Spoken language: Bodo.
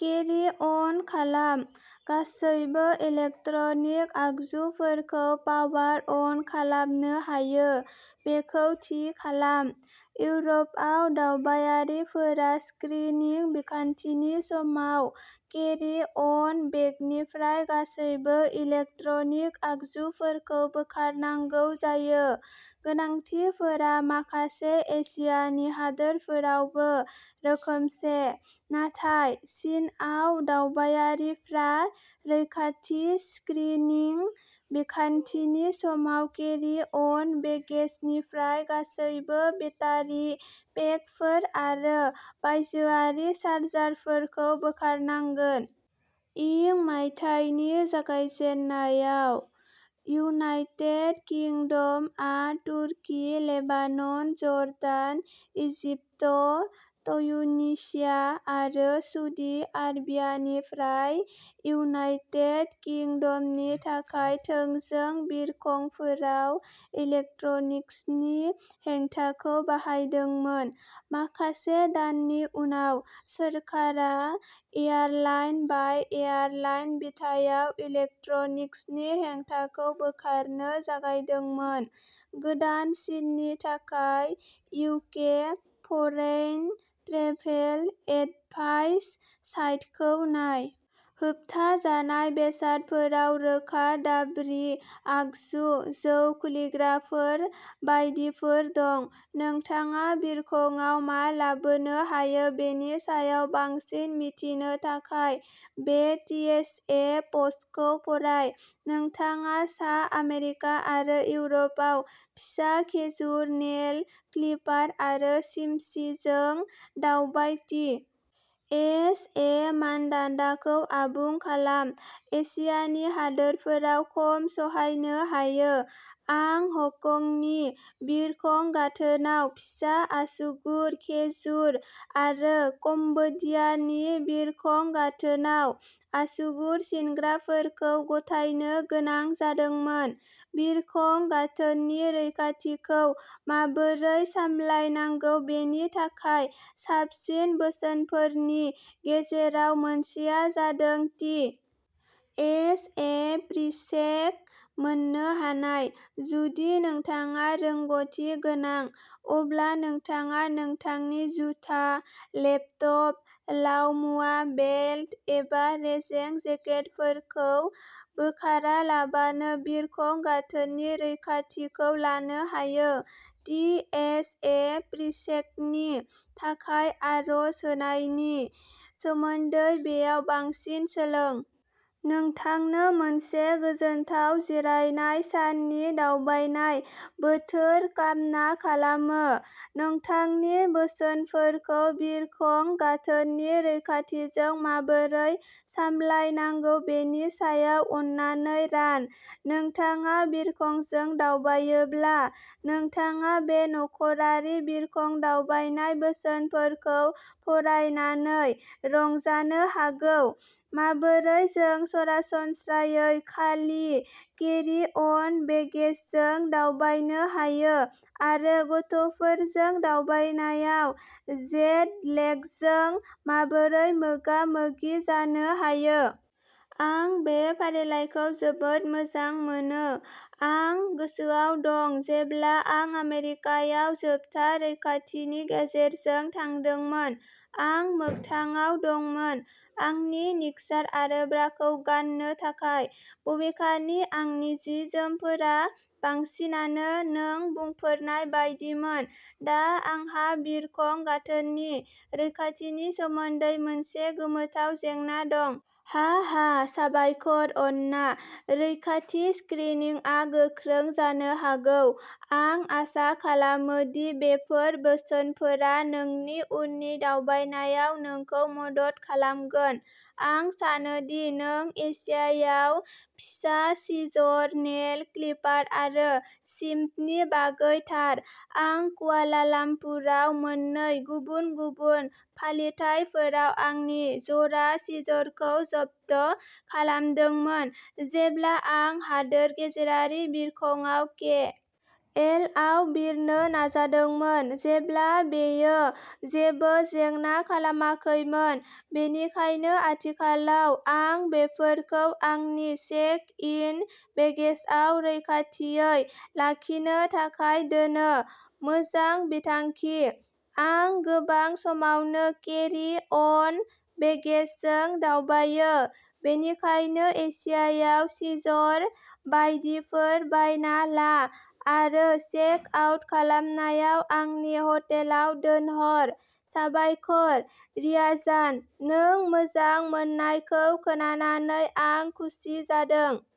केरि-अन खालाम। गासैबो इलेक्ट्रनिक आगजुफोरखौ पावार-अन खालामनो हायो बेखौ थि खालाम। इउरपआव, दावबायारिफोरा स्क्रिनिं बिखान्थिनि समाव केरि-अन बेगनिफ्राय गासैबो इलेक्ट्रनिक आगजुफोरखौ बोखारनांगौ जायो। गोनांथिफोरा माखासे एसियानि हादोरफोरावबो रोखोमसे। नाथाय, चीनआव, दावबायारिफ्रा रैखाथि स्क्रिनिं बिखान्थिनि समाव केरि-अन बेगेजनिफ्राय गासैबो बेटारि पेकफोर आरो बायजोआरि चार्जारफोरखौ बोखारनांगोन। इं मायथाइनि जागायजेन्नायाव, इउनाइटेड किंडम आ तुर्की, लेबानन, जर्डान, इजिप्ट, ट्युनिसिया आरो सउदी आरबियानिफ्राय इउनाइटेड किंडमनि थाखाय थोंजों बिरखंफोराव इलेक्ट्रनिक्सनि हेंथाखौ बाहायदोंमोन। माखासे दाननि उनाव, सोरखारा एयारलाइन-बाय-एयारलाइन बिथायाव इलेक्ट्रनिक्सनि हेंथाखौ बोखारनो जागायदोंमोन। गोदानसिननि थाखाय इउके फरेइन ट्रेभेल एदभाइस साइटखौ नाय। होबथाजानाय बेसादफोराव रोखा-दाब्रि, आगजु, जौ खुलिग्राफोर बायदिफोर दं। नोंथाङा बिरखंआव मा लाबोनो हायो बेनि सायाव बांसिन मिथिनो थाखाय बे टिएसए पस्टखौ फराय। नोंथाङा सा आमेरिका आरो इउरपआव फिसा खेजुर, नेल क्लिपार आरो चिमसिजों दावबाय टि. एस. ए. मानदान्दाखौ आबुं खालाम। एशियानि हादोरफोरा खम सहायनो हायो। आं हंकंनि बिरखं गाथोनाव फिसा आसुगुर खेजुर आरो कम्बोडियानि बिरखं गाथोनाव आसुगुर सिनग्राफोरखौ गथायनो गोनां जादोंमोन। बिरखं गाथोननि रैखाथिखौ माबोरै सामलायनांगौ बेनि थाखाय साबसिन बोसोनफोरनि गेजेराव मोनसेआ जादों टि. एस. ए. प्रिचेक मोन्नो हानाय। जुदि नोंथाङा रोंग'थि गोनां, अब्ला नोंथाङा नोंथांनि जुथा, लेपटप, लाव-मुवा, बेल्ट एबा रेजें जेकेटफोरखौ बोखारालाबानो बिरखं गाथोननि रैखाथिखौ लानो हायो। टि. एस. ए. प्रिचेकनि थाखाय आर'ज होनायनि सोमोन्दै बेयाव बांसिन सोलों। नोंथांनो मोनसे गोजोनथाव जिरायनाय साननि दावबायनाय बोथोर कामना खालामो! नोंथांनि बोसोनफोरखौ बिरखं गाथोननि रैखाथिजों माबोरै सामलायनांगौ बेनि सायाव अन्नानै रान। नोंथाङा बिरखंजों दावबायोब्ला, नोंथाङा बे नखरारि बिरखं दावबायनाय बोसोनफोरखौ फरायनानै रंजानो हागौ, माबोरै जों सरासनस्रायै खालि केरि-अन बेगेजजों दावबायनो हायो, आरो गथ'फोरजों दावबायनायाव जेट लेगजों माबोरै मोगा-मोगि जानो हायो। आं बे फारिलाइखौ जोबोद मोजां मोनो, आं गोसोआव दं जेब्ला आं आमेरिकायाव जोबथा रैखाथिनि गेजेरजों थांदोंमोन, आं मोगथाङाव दंमोन। आंनि निक्सार आरो ब्राखौ गाननो थाखाय। बबेखानि आंनि जि-जोमफोरा बांसिनानो नों बुंफोरनाय बायदिमोन। दा आंहा बिरखं गाथोननि रैखाथिनि सोमोन्दै मोनसे गोमोथाव जेंना दं। हाहा। साबायखर, अन्ना! रैखाथि स्क्रिनिंआ गोख्रों जानो हागौ-आं आसा खालामो दि बेफोर बोसोनफोरा नोंनि उननि दावबायनायाव नोंखौ मदद खालामगोन। आं सानो दि नों एसियायाव फिसा सिजर, नेल क्लिपार आरो चिम्टनि बागै थार। आं कुआलालाम्पुराव मोननै गुबुन-गुबुन फालिथायफोराव आंनि जरा सिजरखौ जब्द खालामदोंमोन, जेब्ला आं हादोर गेजेरारि बिरखंआव के. एल. आव बिरनो नाजादोंमोन, जेब्ला बेयो जेबो जेंना खालामाखैमोन। बेनिखायनो आथिखालाव, आं बेफोरखौ आंनि चेक-इन बेगेजआव रैखाथियै लाखिनो थाखाय दोनो। मोजां बिथांखि! आं गोबां समावनो केरि-अन बेगेजजों दावबायो, बेनिखायनो एसियायाव सिजर बायदिफोर बायना ला आरो चेक-आउट खालामनायाव आंनि हटेलाव दोनहर। साबायखर, रियाजान! नों मोजां मोननायखौ खोनानानै आं खुसि जादों।